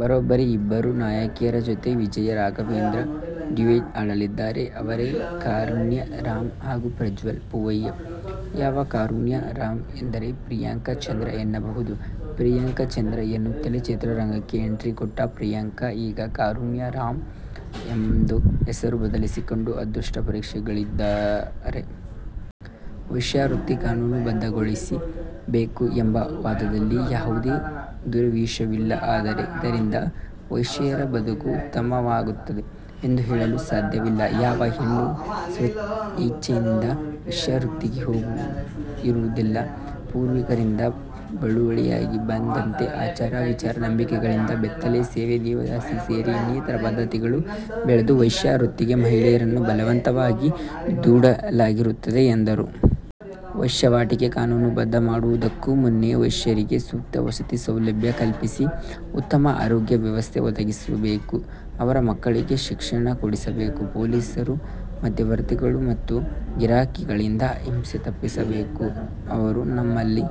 ಬರೋಬ್ಬರಿ ಇಬ್ಬರು ನಾಯಕಿಯರ ಜೊತೆ ವಿಜಯ ರಾಘವೇಂದ್ರ ಡ್ಯುಯೆಟ್ ಹಾಡಲಿದ್ದಾರೆ. ಅವರೇ ಕಾರುಣ್ಯ ರಾಂ ಹಾಗೂ ಪ್ರಜ್ವಲ್ ಪೂವಯ್ಯ. ಯಾವ ಕಾರುಣ್ಯ ರಾಂ ಎಂದರೆ ಪ್ರಿಯಾಂಕಾ ಚಂದ್ರ ಎನ್ನಬಹುದು. ಪ್ರಿಯಾಂಕಾ ಚಂದ್ರ ಎನ್ನುತ್ತಲೇ ಚಿತ್ರರಂಗಕ್ಕೆ ಎಂಟ್ರಿಕೊಟ್ಟ ಪ್ರಿಯಾಂಕಾ ಈಗ ಕಾರುಣ್ಯ ರಾಂ ಎಂದು ಹೆಸರು ಬದಲಿಸಿಕೊಂಡು ಅದೃಷ್ಟ ಪರೀಕ್ಷೆಗಿಳಿದಿದ್ದಾರೆ. ವೇಶ್ಯಾವೃತ್ತಿ ಕಾನೂನುಬದ್ಧಗೊಳಿ ಸಬೇಕು ಎಂಬ ವಾದಲ್ಲಿ ಯಾವುದೇ ದುರುದೇಶವಿಲ್ಲ. ಆದರೆ, ಇದರಿಂದ ವೇಶ್ಯೆಯರ ಬದುಕು ಉತ್ತಮವಾ ಗುತ್ತದೆ ಎಂದು ಹೇಳಲು ಸಾಧ್ಯವಿಲ್ಲ. ಯಾವ ಹೆಣ್ಣೂ ಸ್ವಯಿಚ್ಛೆಯಿಂದ ವೇಶ್ಯಾವೃತ್ತಿಗೆ ಹೋಗಿರುವುದಿಲ್ಲ. ಪೂರ್ವಿಕರಿಂದ ಬಳುವಳಿಯಾಗಿ ಬಂದಂತೆ ಆಚಾರ, ವಿಚಾರ, ನಂಬಿಕೆಗಳಿಂದ ಬೆತ್ತಲೆ ಸೇವೆ, ದೇವದಾಸಿ ಸೇರಿ ಇನ್ನಿತರ ಪದ್ದತಿಗಳು ಬೆಳೆದು ವೇಶ್ಯಾವೃತ್ತಿಗೆ ಮಹಿಳೆಯರನ್ನು ಬಲವಂತವಾಗಿ ದೂಡಲಾಗಿರುತ್ತದೆ ಎಂದರು. ವೇಶ್ಯಾವಾಟಿಕೆ ಕಾನೂನು ಬದ್ಧ ಮಾಡುವುದಕ್ಕೂ ಮುನ್ನ ವೇಶ್ಯೆಯರಿಗೆ ಸೂಕ್ತ ವಸತಿ ಸೌಲಭ್ಯ ಕಲ್ಪಿಸಿ, ಉತ್ತಮ ಆರೋಗ್ಯ ವ್ಯವಸ್ಥೆ ಒದಗಿಸಬೇಕು. ಅವರ ಮಕ್ಕಳಿಗೆ ಶಿಕ್ಷಣ ಕೊಡಿಸಬೇಕು. ಪೊಲೀಸರು, ಮಧ್ಯವರ್ತಿಗಳು ಮತ್ತು ಗಿರಾಕಿಗಳಿಂದ ಹಿಂಸೆ ತಪ್ಪಿಸಿಸಬೇಕು. ಅವರೂ ನಮ್ಮಲ್ಲಿ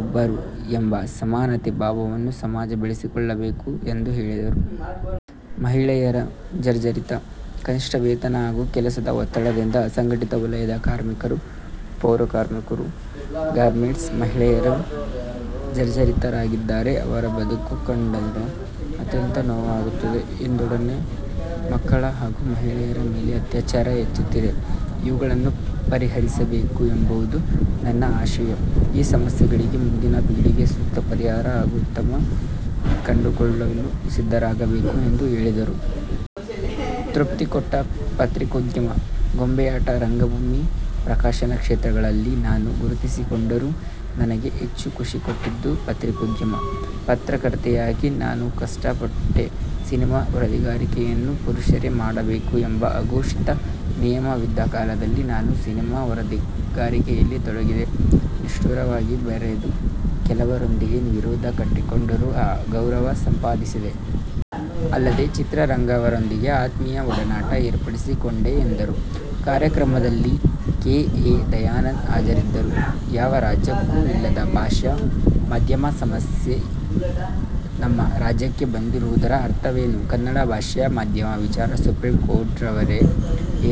ಒಬ್ಬರು ಎಂಬ ಸಮಾನತೆ ಭಾವವನ್ನು ಸಮಾಜ ಬೆಳೆಸಿಕೊಳ್ಳಬೇಕು ಎಂದು ಹೇಳಿದರು. ಮಹಿಳೆಯರು ಜರ್ಝರಿತ: ಕನಿಷ್ಠ ವೇತನ ಹಾಗೂ ಕೆಲಸದ ಒತ್ತಡದಿಂದ ಅಸಂಘಟಿತ ವಲಯದ ಕಾರ್ಮಿಕರು, ಪೌರಕಾರ್ಮಿಕರು, ಗಾರ್ಮೆಂಟ್ಸ್ ಮಹಿಳೆಯರು ಜರ್ಝರಿತರಾಗಿದ್ದಾರೆ. ಅವರ ಬದಕು ಕಂಡರೆ ಅತ್ಯಂತ ನೋವಾಗುತ್ತದೆ. ಇನ್ನೊಂದೆಡೆ ಮಕ್ಕಳ ಹಾಗೂ ಮಹಿಳೆಯರ ಮೇಲೆ ಅತ್ಯಾಚಾರ ಹೆಚ್ಚುತ್ತಿದೆ. ಇವುಗಳನ್ನು ಪರಿಹರಿಸಬೇಕು ಎಂಬುದು ನನ್ನ ಆಶಯ. ಈ ಸಮಸ್ಯೆಗಳಿಗೆ ಮುಂದಿನ ಪೀಳಿಗೆ ಸೂಕ್ತ ಪರಿಹಾರ ಹಾಗೂ ಉತ್ತರ ಕಂಡುಕೊಳ್ಳಲು ಸಿದ್ಧರಾಗಬೇಕು ಎಂದು ಹೇಳಿದರು. ತೃಪ್ತಿಕೊಟ್ಟ ಪತ್ರಿಕೋದ್ಯಮ: ಗೊಂಬೆಯಾಟ, ರಂಗಭೂಮಿ, ಪ್ರಕಾಶನ ಕ್ಷೇತ್ರಗಳಲ್ಲಿ ನಾನು ಗುರುತಿಸಿಕೊಂಡರೂ, ನನಗೆ ಹೆಚ್ಚು ಖುಷಿಕೊಟ್ಟದ್ದು ಪತ್ರಿಕೋದ್ಯಮ. ಪತ್ರಕರ್ತೆಯಾಗಿ ನಾನು ಕಷ್ಟಪಟ್ಟೆ. ಸಿನಿಮಾ ವರದಿಗಾರಿಕೆಯನ್ನು ಪುರುಷರೇ ಮಾಡಬೇಕು ಎಂಬ ಅಘೋಷಿತ ನಿಯಮವಿದ್ದ ಕಾಲದಲ್ಲಿ ನಾನು ಸಿನಿಮಾ ವರದಿಗಾರಿಕೆಯಲ್ಲಿ ತೊಡಗಿದೆ. ನಿಷ್ಠುರವಾಗಿ ಬರೆದು ಕೆಲವರೊಂದಿಗೆ ವಿರೋಧ ಕಟ್ಟಿಕೊಂಡರೂ ಗೌರವ ಸಂಪಾದಿಸಿದೆ. ಅಲ್ಲದೆ, ಚಿತ್ರರಂಗವರೊಂದಿಗೆ ಆತ್ಮೀಯ ಒಡನಾಟ ಏರ್ಪಡಿಸಿಕೊಂಡೆ ಎಂದರು. ಕಾರ್ಯಕ್ರಮದಲ್ಲಿ ಕೆ. ಎ. ದಯಾನಂದ ಹಾಜರಿದ್ದರು. ಯಾವ ರಾಜ್ಯಕ್ಕೂ ಇಲ್ಲದ ಭಾಷಾ ಮಾಧ್ಯಮ ಸಮಸ್ಯೆ ನಮ್ಮ ರಾಜ್ಯಕ್ಕೆ ಬಂದಿರುವುದರ ಅರ್ಥವೇನು? ಕನ್ನಡ ಭಾಷಾ ಮಾಧ್ಯಮ ವಿಚಾರ ಸುಪ್ರಿಂ ಕೋರ್ಟ್ವರೆಗೆ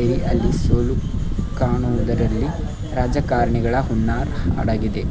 ಏರಿ, ಅಲ್ಲಿ ಸೋಲು ಕಾಣುವುದರಲ್ಲಿ ರಾಜಕಾರಣಿಗಳ ಹುನ್ನಾರ ಅಡಗಿದೆ.